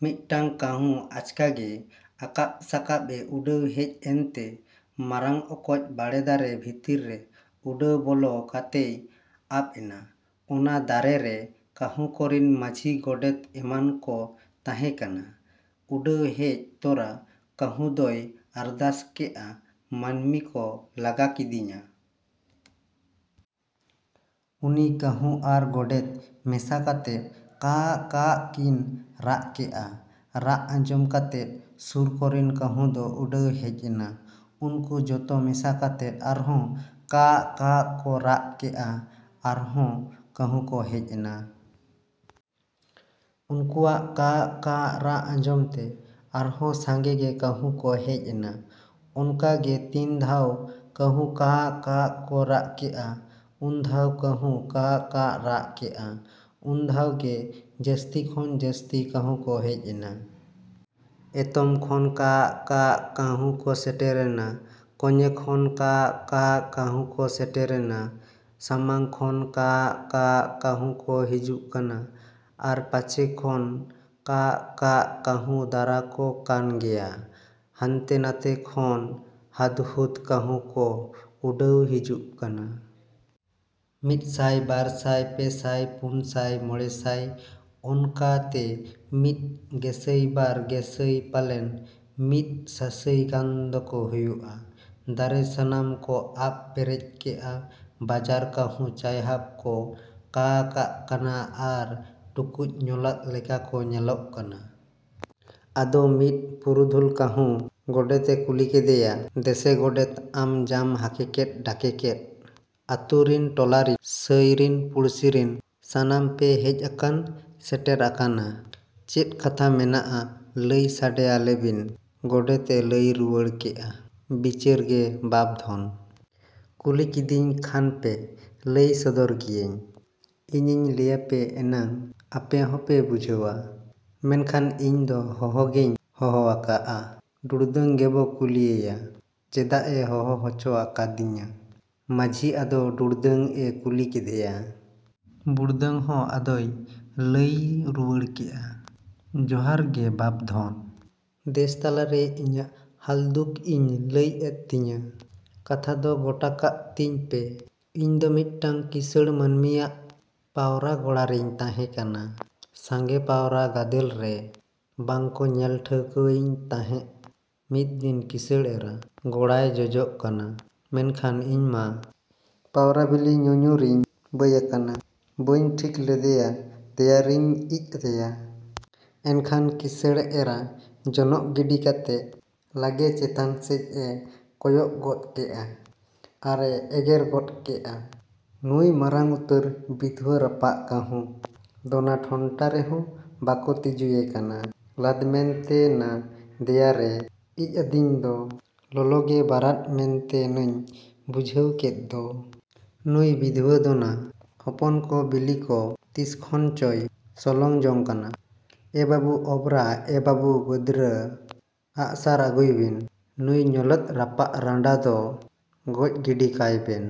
ᱢᱤᱫᱴᱟᱝ ᱠᱟᱺᱦᱩ ᱟᱪᱠᱟ ᱜᱮ ᱟᱠᱟᱵ ᱥᱟᱠᱟᱵ ᱮ ᱩᱰᱟᱹᱣ ᱦᱮᱡ ᱮᱱᱛᱮ ᱢᱟᱨᱟᱝ ᱚᱠᱚᱡ ᱵᱟᱲᱮ ᱫᱟᱨᱮ ᱵᱷᱤᱛᱨᱤ ᱨᱮ ᱩᱰᱟᱹᱣ ᱵᱚᱞᱚ ᱠᱟᱛᱮᱭ ᱟᱵ ᱮᱱᱟ᱾ ᱚᱱᱟ ᱫᱟᱨᱮ ᱨᱮ ᱠᱟᱺᱦᱩ ᱠᱚᱨᱤᱱ ᱢᱟᱹᱡᱷᱤ ᱜᱚᱰᱮᱛ ᱮᱢᱟᱱ ᱠᱚ ᱛᱟᱦᱮᱸ ᱠᱟᱱᱟ᱾ ᱩᱰᱟᱹᱣ ᱦᱮᱡ ᱛᱚᱨᱟ ᱠᱟᱺᱦᱩ ᱫᱚᱭ ᱟᱨᱫᱟᱥ ᱠᱮᱜᱼᱟ ᱢᱟᱹᱱᱢᱤ ᱠᱚ ᱞᱟᱜᱟ ᱞᱤᱫᱤᱧᱟ᱾ ᱩᱱᱤ ᱠᱟᱺᱦᱩ ᱟᱨ ᱜᱚᱰᱮᱛ ᱢᱮᱥᱟ ᱠᱟᱛᱮ ᱠᱟᱜ ᱻᱠᱟᱜ ᱠᱤᱱ ᱨᱟᱜ ᱠᱮᱜᱼᱟ᱾ ᱨᱟᱜ ᱟᱸᱡᱚᱢ ᱠᱟᱛᱮ ᱥᱩᱨ ᱠᱚᱨᱤᱱ ᱠᱟᱺᱦᱩ ᱠᱚ ᱩᱰᱟᱹᱣ ᱦᱮᱡ ᱮᱱᱟ᱾ ᱩᱱᱠᱩ ᱡᱚᱛᱚ ᱢᱮᱥᱟ ᱠᱟᱛᱮ ᱟᱨᱦᱚᱸ ᱠᱟᱜᱻ ᱠᱟᱜ ᱠᱚ ᱨᱟᱜ ᱠᱮᱜᱼᱟ ᱟᱨᱦᱚᱸ ᱠᱟᱺᱦᱩ ᱠᱚ ᱦᱮᱡ ᱮᱱᱟ᱾ ᱩᱱᱠᱩᱣᱟᱜ ᱠᱟᱜ ᱻᱠᱟᱜ ᱨᱟᱜ ᱟᱸᱡᱚᱢ ᱛᱮ ᱟᱨᱦᱚᱸ ᱥᱟᱸᱜᱮ ᱜᱮ ᱠᱟᱺᱦᱩ ᱠᱚ ᱦᱮᱡ ᱮᱱᱟ᱾ ᱚᱱᱠᱟ ᱜᱮ ᱛᱤᱱ ᱫᱷᱟᱣ ᱠᱟᱺᱦᱩ ᱠᱟᱜ ᱻᱠᱟᱜ ᱠᱚ ᱨᱟᱜ ᱠᱮᱜᱼᱟ ᱩᱱᱫᱷᱟᱣ ᱠᱟᱺᱦᱩ ᱠᱟᱜ ᱻᱠᱟᱜ ᱠᱚ ᱨᱟᱜ ᱠᱮᱜᱼᱟ ᱩᱱᱫᱷᱟᱣ ᱜᱮ ᱡᱟᱹᱥᱛᱤ ᱠᱷᱚᱱ ᱡᱟᱹᱥᱛᱤ ᱠᱟᱺᱦᱩ ᱠᱚ ᱦᱮᱡ ᱮᱱᱟ᱾ ᱮᱛᱚᱢ ᱠᱷᱚᱱ ᱠᱟᱜᱻ ᱠᱟᱜ ᱠᱟᱺᱦᱩ ᱠᱚ ᱥᱮᱴᱮᱨᱮᱱᱟ᱾ ᱠᱚᱧᱮ ᱠᱷᱚᱱ ᱠᱟᱜ ᱻᱠᱟᱜ ᱠᱟᱺᱦᱩ ᱠᱚ ᱥᱮᱴᱮᱨᱮᱱᱟ᱾ ᱥᱟᱢᱟᱝ ᱠᱷᱚᱱ ᱠᱟᱜᱻ ᱠᱟᱜ ᱠᱟᱹᱦᱩ ᱠᱚ ᱦᱩᱡᱩᱜ ᱠᱟᱱᱟ ᱾ᱟᱨ ᱯᱟᱪᱷᱮ ᱠᱷᱚᱱ ᱠᱟᱜᱻ ᱠᱟᱜ ᱠᱟᱺᱦᱩ ᱫᱟᱨᱟ ᱠᱚ ᱠᱟᱱ ᱜᱮᱭᱟ᱾ ᱦᱟᱱᱛᱮ ᱱᱟᱛᱮ ᱠᱷᱚᱱ ᱦᱟᱫᱽ ᱦᱩᱫᱽ ᱠᱟᱺᱦᱩ ᱠᱚ ᱩᱰᱟᱹᱣ ᱦᱤᱡᱩᱜ ᱠᱟᱱᱟ᱾ ᱢᱤᱫ ᱥᱟᱹᱭ ᱵᱟᱨ ᱥᱟᱹᱭ ᱯᱮ ᱥᱟᱹᱭ ᱯᱩᱱ ᱥᱟᱹᱭ ᱢᱚᱬᱮ ᱥᱟᱹᱭ ᱚᱱᱠᱟᱛᱮ ᱢᱤᱫ ᱜᱮᱥᱟᱹᱭ ᱵᱟᱨ ᱜᱮᱥᱟᱹᱭ ᱯᱟᱞᱮᱱ ᱢᱤᱫ ᱥᱟᱥᱟᱹᱭ ᱜᱟᱱ ᱫᱚᱠᱚ ᱦᱩᱭᱩᱜᱼᱟ ᱾ᱫᱟᱨᱮ ᱥᱟᱱᱟᱢ ᱠᱚ ᱟᱵ ᱯᱮᱨᱮᱡ ᱠᱮᱜᱼᱟ᱾ ᱵᱟᱡᱟᱨ ᱠᱟᱺᱦᱩ ᱪᱟᱭᱦᱟᱵ ᱠᱚ ᱠᱟᱜᱻ ᱠᱟᱜ ᱠᱟᱱᱟ ᱟᱨ ᱴᱩᱠᱩᱡ ᱧᱚᱞᱷᱟᱫ ᱞᱮᱠᱟ ᱠᱚ ᱧᱮᱞᱚᱜ ᱠᱟᱱᱟ᱾ ᱟᱫᱚ ᱢᱤᱫ ᱯᱩᱨᱩᱫᱷᱩᱞ ᱠᱟᱺᱦᱩ ᱜᱚᱰᱮᱛ ᱮ ᱠᱩᱞᱤ ᱠᱮᱫᱮᱭᱟ ᱫᱮᱥᱮ ᱜᱚᱰᱮᱛ ᱟᱢ ᱢᱟᱢ ᱦᱟᱠᱮ ᱠᱮᱫ ᱰᱟᱠᱮ ᱠᱮᱫ ᱟᱹᱛᱩ ᱨᱤᱱ ᱴᱚᱞᱟ ᱨᱤᱱ ᱥᱟᱹᱭ ᱨᱤᱱ ᱯᱩᱲᱥᱤ ᱨᱤᱱ ᱥᱟᱱᱟᱢ ᱞᱮ ᱦᱮᱡ ᱟᱠᱟᱱ ᱥᱮᱴᱮᱨ ᱟᱠᱟᱱᱟ᱾ ᱪᱮᱫ ᱠᱟᱛᱷᱟ ᱢᱮᱱᱟᱜᱼᱟ ᱞᱟᱹᱭ ᱥᱟᱰᱮ ᱟᱞᱮ ᱵᱤᱱ ᱜᱚᱰᱮᱛ ᱮ ᱞᱟᱹᱭ ᱨᱩᱣᱟᱹᱲ ᱠᱮᱜᱼᱟ ᱵᱤᱪᱟᱹᱨ ᱜᱮ ᱵᱟᱯ ᱫᱷᱚᱱ᱾ ᱠᱩᱞᱤ ᱠᱤᱫᱤᱧ ᱠᱷᱟᱱ ᱯᱮ ᱞᱟᱹᱭ ᱥᱚᱫᱚᱨ ᱜᱮᱭᱟᱹᱧ᱾ ᱤᱧᱤᱧ ᱞᱟᱹᱭ ᱞᱮ ᱮᱱᱟᱝ ᱟᱯᱮ ᱦᱚᱸᱯᱮ ᱵᱩᱡᱷᱟᱹᱣᱟ᱾ ᱢᱮᱱᱠᱷᱟᱱ ᱤᱧ ᱫᱚ ᱦᱚᱦᱚ ᱜᱮᱧ ᱦᱚᱦᱚ ᱟᱠᱟᱜᱼᱟ ᱾ ᱰᱩᱲᱫᱟᱹᱝ ᱜᱮᱵᱚ ᱠᱩᱞᱤ ᱮᱭᱟ ᱾ ᱪᱮᱫᱟᱜ ᱮ ᱦᱚᱦᱚ ᱚᱪᱚ ᱟᱠᱟᱫᱤᱧᱟ ᱢᱟᱺᱡᱷᱤ ᱟᱫᱚ ᱵᱩᱲᱫᱟᱹᱝ ᱮ ᱠᱩᱞᱤ ᱠᱮᱫᱮᱭᱟ᱾ ᱵᱩᱲᱫᱟᱹᱝ ᱦᱚᱸ ᱟᱫᱚᱭ ᱞᱟᱹᱭ ᱨᱩᱣᱟᱹᱲ ᱠᱮᱜᱼᱟ ᱾ᱡᱚᱦᱟᱨ ᱜᱮ ᱵᱟᱯᱼᱫᱷᱚᱱ᱾ ᱫᱮᱥ ᱛᱟᱞᱟᱨᱮ ᱤᱧᱟᱜ ᱦᱟᱞᱫᱩᱠ ᱤᱧ ᱞᱟᱹᱭ ᱮᱫ ᱛᱤᱧᱟ᱾ ᱠᱟᱛᱷᱟ ᱠᱚ ᱜᱚᱴᱟᱠᱟᱜ ᱛᱤᱧ ᱯᱮ ᱤᱧ ᱫᱚ ᱢᱤᱫᱴᱟᱝ ᱠᱤᱥᱟᱹᱬ ᱢᱟᱹᱱᱢᱤᱭᱟᱜ ᱯᱟᱣᱨᱟ ᱜᱚᱲᱟ ᱨᱤᱧ ᱛᱟᱦᱮᱸ ᱠᱟᱱᱟ᱾ ᱥᱟᱸᱜᱮ ᱯᱟᱣᱨᱟ ᱜᱟᱫᱮᱞ ᱨᱮ ᱵᱟᱝ ᱠᱚ ᱧᱮᱞ ᱴᱷᱤᱠᱟᱹᱭᱤᱧ ᱛᱟᱦᱮᱸᱜ ᱢᱤᱫ ᱫᱤᱱ ᱠᱤᱥᱟᱹᱬ ᱮᱨᱟ ᱜᱚᱲᱟᱭ ᱡᱚᱡᱚᱜ ᱠᱟᱱᱟ ᱢᱮᱱᱠᱷᱟᱱ ᱤᱧ ᱢᱟ ᱯᱟᱣᱨᱟ ᱵᱤᱞᱤ ᱧᱩ ᱧᱩ ᱨᱮᱧ ᱵᱟᱹᱭ ᱟᱠᱟᱱᱟ ᱵᱟᱹᱧ ᱴᱷᱤᱜ ᱞᱮᱫᱮᱭᱟ ᱫᱮᱭᱟ ᱨᱤᱧ ᱤᱡ ᱟᱫᱮᱭᱟ᱾ ᱮᱱᱠᱷᱟᱱ ᱠᱤᱥᱟᱹᱬ ᱮᱨᱟ ᱡᱚᱱᱚᱜ ᱜᱤᱰᱤ ᱠᱟᱛᱮ ᱞᱟᱜᱮ ᱪᱮᱛᱟᱱ ᱥᱮᱱ ᱮ ᱠᱚᱭᱚᱜ ᱜᱚᱫ ᱠᱮᱜᱼᱟ ᱟᱨ ᱮ ᱮᱜᱮᱨ ᱜᱚᱫ ᱠᱮᱜᱼᱟ ᱱᱩᱭ ᱢᱟᱨᱟᱝ ᱩᱛᱟᱹᱨ ᱵᱤᱫᱷᱩᱣᱟᱹ ᱨᱟᱯᱟᱜ ᱠᱟᱺᱦᱩ ᱫᱚᱱᱟ ᱴᱷᱚᱱᱴᱟ ᱨᱮᱦᱚᱸ ᱵᱟᱠᱚ ᱛᱤᱡᱩᱭᱮ ᱠᱟᱱᱟ᱾ ᱞᱟᱫᱽ ᱢᱮᱱᱛᱮ ᱱᱟ ᱫᱮᱭᱟ ᱨᱮ ᱤᱡ ᱟᱹᱫᱤᱧ ᱫᱚ ᱞᱚᱞᱚᱜᱮ ᱵᱟᱨᱟᱫ ᱢᱮᱱᱛᱮ ᱱᱟᱹᱧ ᱵᱩᱡᱷᱟᱹᱣ ᱠᱮᱫ ᱫᱚ᱾ ᱱᱩᱭ ᱵᱤᱫᱷᱩᱣᱟᱹ ᱫᱚᱱᱟ ᱦᱚᱯᱚᱱ ᱠᱚ ᱵᱤᱞᱤ ᱠᱚ ᱛᱤᱥ ᱠᱷᱚᱱ ᱪᱚᱭ ᱥᱚᱞᱚᱝ ᱡᱚᱝ ᱠᱟᱱᱟ᱾ ᱮ ᱵᱟᱹᱵᱩ ᱚᱵᱽᱨᱟ ᱮ ᱵᱟᱹᱵᱩ ᱠᱟᱸᱫᱽᱨᱟ ᱟᱜᱼᱥᱟᱨ ᱟᱹᱜᱩᱭ ᱵᱤᱱ ᱼ ᱱᱩᱭ ᱧᱚᱞᱷᱟᱫ ᱨᱟᱯᱟᱜ ᱨᱟᱸᱰᱟ ᱫᱚ ᱜᱚᱡ ᱜᱤᱰᱤ ᱠᱟᱭ ᱵᱤᱱ᱾